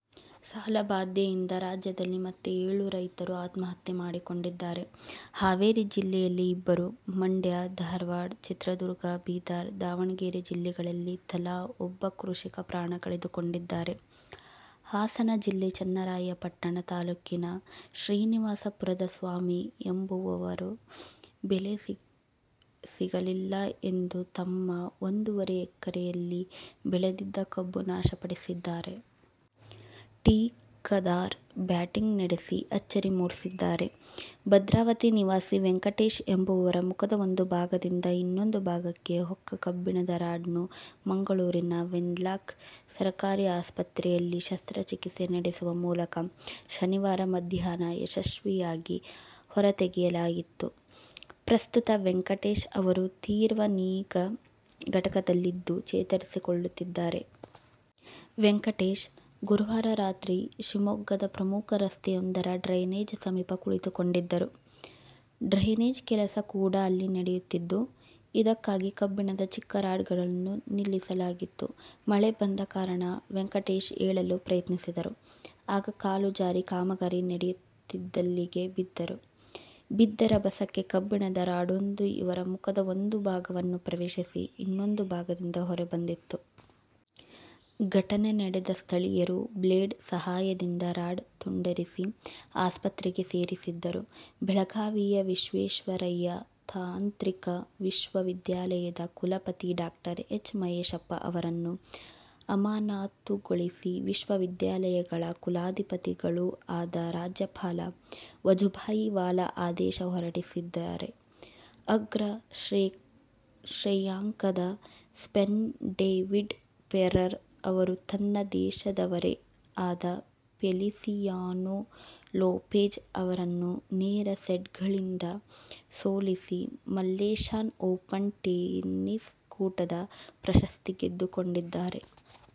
ಸಾಲ ಬಾಧೆಯಿಂದ ರಾಜ್ಯದಲ್ಲಿ ಮತ್ತೆ ಏಳು ರೈತರು ಆತ್ಮಹತ್ಯೆ ಮಾಡಿಕೊಂಡಿದ್ದಾರೆ. ಹಾವೇರಿ ಜಿಲ್ಲೆಯಲ್ಲಿ ಇಬ್ಬರು, ಮಂಡ್ಯ, ಧಾರವಾಡ, ಚಿತ್ರದುರ್ಗ, ಬೀದರ, ದಾವಣಗೆರೆ ಜಿಲ್ಲೆಗಳಲ್ಲಿ ತಲಾ ಒಬ್ಬ ಕೃಷಿಕ ಪ್ರಾಣ ಕಳೆದುಕೊಂಡಿದ್ದಾರೆ. ಹಾಸನ ಜಿಲ್ಲೆ ಚನ್ನರಾಯಪಟ್ಟಣ ತಾಲೂಕಿನ ಶ್ರೀನಿವಾಸ ಪುರದ ಸ್ವಾಮಿ ಎಂಬುವವರು ಬೆಲೆ ಸಿಗಲಿಲ್ಲ ಎಂದು ತಮ್ಮ ಒಂದೂವರೆ ಎಕರೆಯಲ್ಲಿ ಬೆಳೆದಿದ್ದ ಕಬ್ಬು ನಾಶಪಡಿಸಿದ್ದಾರೆ. ಟಿ. ಖಾದರ್ ಬ್ಯಾಟಿಂಗ್ ನಡೆಸಿ ಅಚ್ಚರಿ ಮೂಡಿಸಿದ್ದಾರೆ. ಭದ್ರಾವತಿ ನಿವಾಸಿ ವೆಂಕಟೇಶ್ ಎಂಬುವರ ಮುಖದ ಒಂದು ಭಾಗದಿಂದ ಇನ್ನೊಂದು ಭಾಗಕ್ಕೆ ಹೊಕ್ಕ ಕಬ್ಬಿಣದ ರಾಡ್ನ್ನು ಮಂಗಳೂರಿನ ವೆನ್ಲಾಕ್ ಸರಕಾರಿ ಆಸ್ಪತ್ರೆಯಲ್ಲಿ ಶಸ್ತ್ರಚಿಕಿತ್ಸೆ ನಡೆಸುವ ಮೂಲಕ ಶನಿವಾರ ಮಧ್ಯಾಹ್ನ ಯಶಸ್ವಿಯಾಗಿ ಹೊರತೆಗೆಯಲಾಯಿತು. ಪ್ರಸ್ತುತ ವೆಂಕಟೇಶ್ ಅವರು ತೀವ್ರ ನಿಗಾ ಘಟಕದಲ್ಲಿದ್ದು ಚೇತರಿಸಿಕೊಳ್ಳುತ್ತಿದ್ದಾರೆ. ವೆಂಕಟೇಶ್, ಗುರುವಾರ ರಾತ್ರಿ ಶಿವಮೊಗ್ಗದ ಪ್ರಮುಖ ರಸ್ತೆಯೊಂದರ ಡ್ರೈನೇಜ್ ಸಮೀಪ ಕುಳಿತುಕೊಂಡಿದ್ದರು. ಡ್ರೈನೇಜ್ ಕೆಲಸ ಕೂಡ ಅಲ್ಲಿ ನಡೆಯುತ್ತಿದ್ದು, ಇದಕ್ಕಾಗಿ ಕಬ್ಬಿಣದ ಚಿಕ್ಕ ರಾಡ್ಗಳನ್ನು ನಿಲ್ಲಿಸಲಾಗಿತ್ತು. ಮಳೆ ಬಂದ ಕಾರಣ ವೆಂಕಟೇಶ್ ಏಳಲು ಪ್ರಯತ್ನಿಸಿದರು. ಆಗ ಕಾಲು ಜಾರಿ ಕಾಮಗಾರಿ ನಡೆಯುತ್ತಿದ್ದಲ್ಲಿಗೆ ಬಿದ್ದರು. ಬಿದ್ದ ರಭಸಕ್ಕೆ ಕಬ್ಬಿಣದ ರಾಡೊಂದು ಇವರ ಮುಖದ ಒಂದು ಭಾಗವನ್ನು ಪ್ರವೇಶಿಸಿ, ಇನ್ನೊಂದು ಭಾಗದಿಂದ ಹೊರ ಬಂದಿತ್ತು. ಘಟನೆ ನೋಡಿದ ಸ್ಥಳೀಯರು ಬ್ಲೇಡ್ ಸಹಾಯದಿಂದ ರಾಡ್ ತುಂಡರಿಸಿ, ಆಸ್ಪತ್ರೆಗೆ ಸೇರಿಸಿದ್ದರು. ಬೆಳಗಾವಿಯ ವಿಶ್ವೇಶ್ವರಯ್ಯ ತಾಂತ್ರಿಕ ವಿಶ್ವವಿದ್ಯಾಲಯದ ಕುಲಪತಿ ಡಾ ಎಚ್. ಮಹೇಶಪ್ಪ ಅವರನ್ನು ಅಮಾನತುಗೊಳಿಸಿ ವಿಶ್ವವಿದ್ಯಾಲಯಗಳ ಕುಲಾಧಿಪತಿಗಳೂ ಆದ ರಾಜ್ಯಪಾಲ ವಜುಭಾಯಿ ವಾಲಾ ಆದೇಶ ಹೊರಡಿಸಿದ್ದಾರೆ. ಅಗ್ರ ಶ್ರೇಯಾಂಕದ ಸ್ಪೇನ್ನ ಡೇವಿಡ್ ಫೆರರ್ ಅವರು ತನ್ನ ದೇಶದವರೇ ಆದ ಫೆಲಿಸಿಯಾನೊ ಲೊಪೆಜ್ ಅವರನ್ನು ನೇರ ಸೆಟ್ಗಳಿಂದ ಸೋಲಿಸಿ ಮಲೇಶ್ಯನ್ ಓಪನ್ ಟೆನಿಸ್ ಕೂಟದ ಪ್ರಶಸ್ತಿ ಗೆದ್ದುಕೊಂಡಿದ್ದಾರೆ.